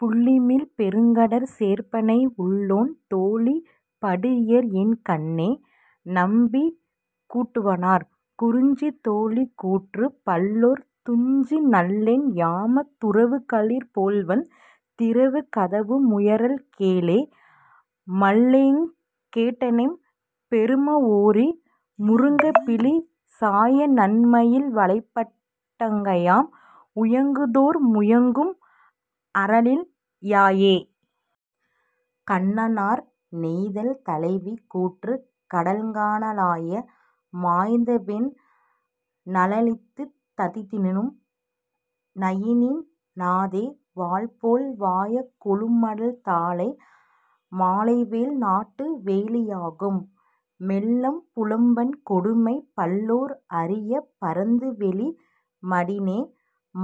புள்ளிமிழ் பெருங்கடற் சேர்ப்பனை உள்ளேன் தோழி படீஇயர்என் கண்ணே. -நம்பி குட்டுவனார்.. குறிஞ்சி தோழி கூற்று பல்லோர் துஞ்சு நள்ளென் யாமத் துரவுக்களிறு போல்வந் திரவுக்கதவு முயறல் கேளே மல்லேங் கேட்டனெம் பெரும ஓரி முருங்கப் பீலி சாய நன்மயில் வலைப்பட் டாங்கியாம் உயங்குதொறு முயங்கும் அறனில் யாயே. -கண்ணனார்.. நெய்தல் தலைவி கூற்று கடலங் கான லாய மாய்ந்தவென் நலமிழந் ததனினு நனியின் னாதே வாள்போல் வாய கொழுமடல் தாழை மாலைவேல் நாட்டு வேலி யாகும் மெல்லம் புலம்பன் கொடுமை பல்லோர் அறியப் பரந்துவௌிப் படினே.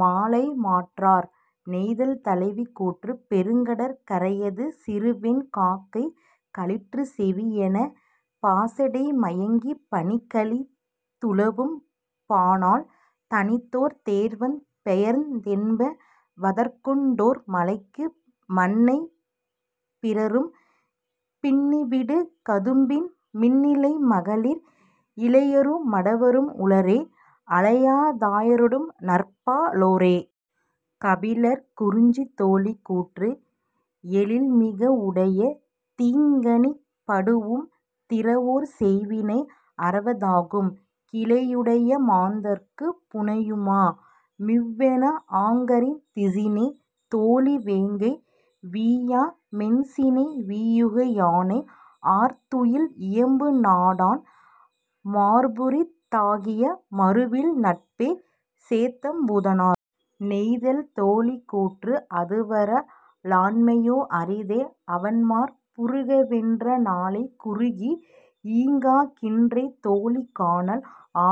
-மாலைமாறனார்.. நெய்தல் தலைவி கூற்று பெருங்கடற் கரையது சிறுவெண் காக்கை களிற்றுச்செவி யன்ன பாசடை மயக்கிப் பனிக்கழி துழவும் பானாள் தனித்தோர் தேர்வந்து பெயர்ந்த தென்ப வதற்கொண் டோரு மலைக்கு மன்னை பிறரும் பின்னுவிடு கதுப்பின் மின்னிழை மகளிர் இளையரு மடவரும் உளரே அலையாத் தாயரொடு நற்பா லோரே. -கபிலர்.. குறிஞ்சி தோழி கூற்று எழின்மிக வுடைய தீங்கணிப் படூஉம் திறவோர் செய்வினை அறவ தாகும் கிளையுடை மாந்தர்க்குப் புணையுமா மிவ்வென ஆங்கறிந் திசினே தோழி வேங்கை வீயா மென்சினை வீயுக யானை ஆர்துயில் இயம்பு நாடன் மார்புரித் தாகிய மறுவில் நட்பே. -சேந்தம் பூதனார்.. நெய்தல் தோழி கூற்று அதுவர லன்மையோ அரிதே அவன்மார் புறுக வென்ற நாளே குறுகி ஈங்கா கின்றே தோழி கானல்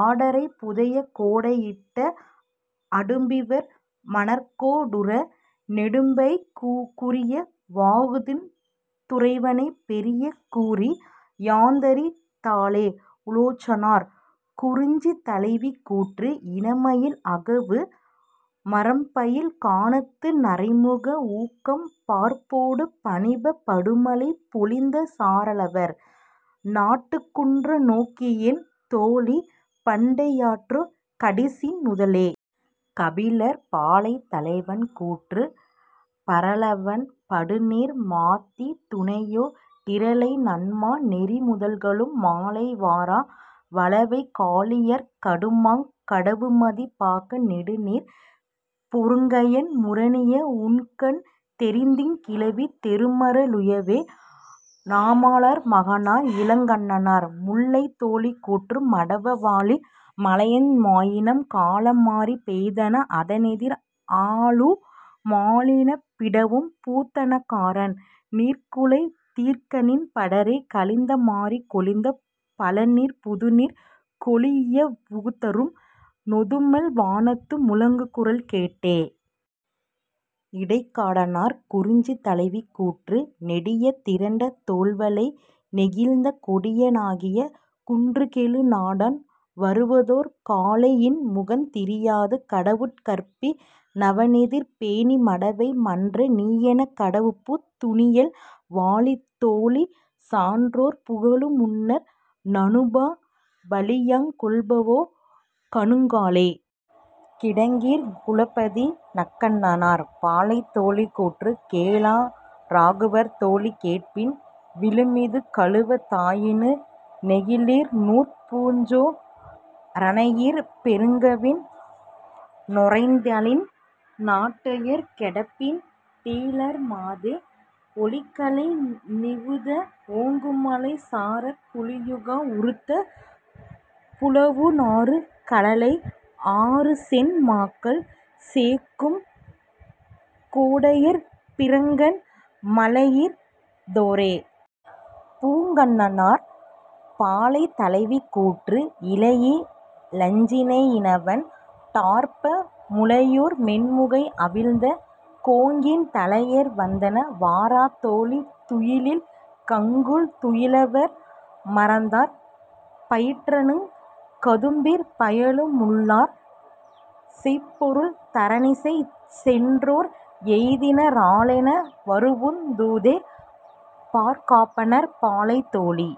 ஆடரை புதையக் கோடை யிட்ட அடும்பிவர் மணற்கோ டூர நெடும்பனைக் குறிய வாகுந் துறைவனைப் பெரிய கூறி யாயறிந் தனளே. -உலோச்சனார்.. குறிஞ்சி தலைவி கூற்று இனமயில் அகவு மரம்பயில் கானத்து நரைமுக ஊகம் பார்ப்பொடு பனிப்பப் படுமழை பொழிந்த சாரலவர் நாட்டுக் குன்ற நோக்கினென் தோழி பண்டை யற்றோ கண்டிசின் நுதலே. -கபிலர்.. பாலை தலைவன் கூற்று பரலவல் படுநீர் மாந்தித் துணையோ டிரலை நன்மா னெறிமுத லுகளும் மாலை வாரா வளவைக் காலியற் கடுமாக் கடவுமதி பாக நெடுநீர்ப் பொருகயன் முரணிய உண்கண் தெரிதீங் கிளவி தெருமர லுயவே. -நாமலார் மகனார் இளங்கண்ணனார்.. முல்லை தோழி கூற்று மடவ வாழி மஞ்ஞை மாயினம் கால மாரி பெய்தென அதனெதிர் ஆலலு மாலின பிடவும் பூத்தன காரன் றிகுளை தீர்கநின் படரே கழிந்த மாரிக் கொழிந்த பழநீர் புதுநீர் கொளீஇய வுகுத்தரும் நொதுமல் வானத்து முழங்குகுரல் கேட்டே. -இடைக்காடனார்.. குறிஞ்சி தலைவி கூற்று நெடிய திரண்ட தோள்வளை ஞெகிழ்த்த கொடிய னாகிய குன்றுகெழு நாடன் வருவதோர் காலை யின்முகந் திரியாது கடவுட் கற்பி னவனெதிர் பேணி மடவை மன்ற நீயெனக் கடவுபு துனியல் வாழி தோழி சான்றோர் புகழு முன்னர் நாணுப பழியாங் கொல்பவோ காணுங் காலே. -கிடங்கிற் குலபதி நக்கண்ணனார்.. பாலை தோழி கூற்று கேளா ராகுவர் தோழி கேட்பின் விழுமிது கழிவ தாயினு நெகிழ் நூற் பூச்சே ரணையிற் பெருங்கவின் றொலைந்தநின் நாட்டுயர் கெடப்பி னீடலர் மாதோ ஒலிகழை நிவந்த ஓங்குமலைச் சாரற் புலிபுகா வுறுத்த புலவுநாறு கல்லளை ஆறுசென் மாக்கள் சேக்கும் கோடுயர் பிறங்கன் மலையிறந் தோரே. -பூங்கண்ணனார்.. பாலை தலைவி கூற்று இலையி லஞ்சினை யினவண் டார்ப்ப முலையேர் மென்முகை அவிழ்ந்த கோங்கின் தலையலர் வந்தன வாரா தோழி துயிலின் கங்குல் துயிலவர் மறந்தனர் பயினறுங் கதுப்பிற் பாயலு முள்ளார் செய்பொருள் தரனசைஇச் சென்றோர் எய்தின ராலென வரூஉந் தூதே. -பார்காப்பானார்.. பாலை தோழி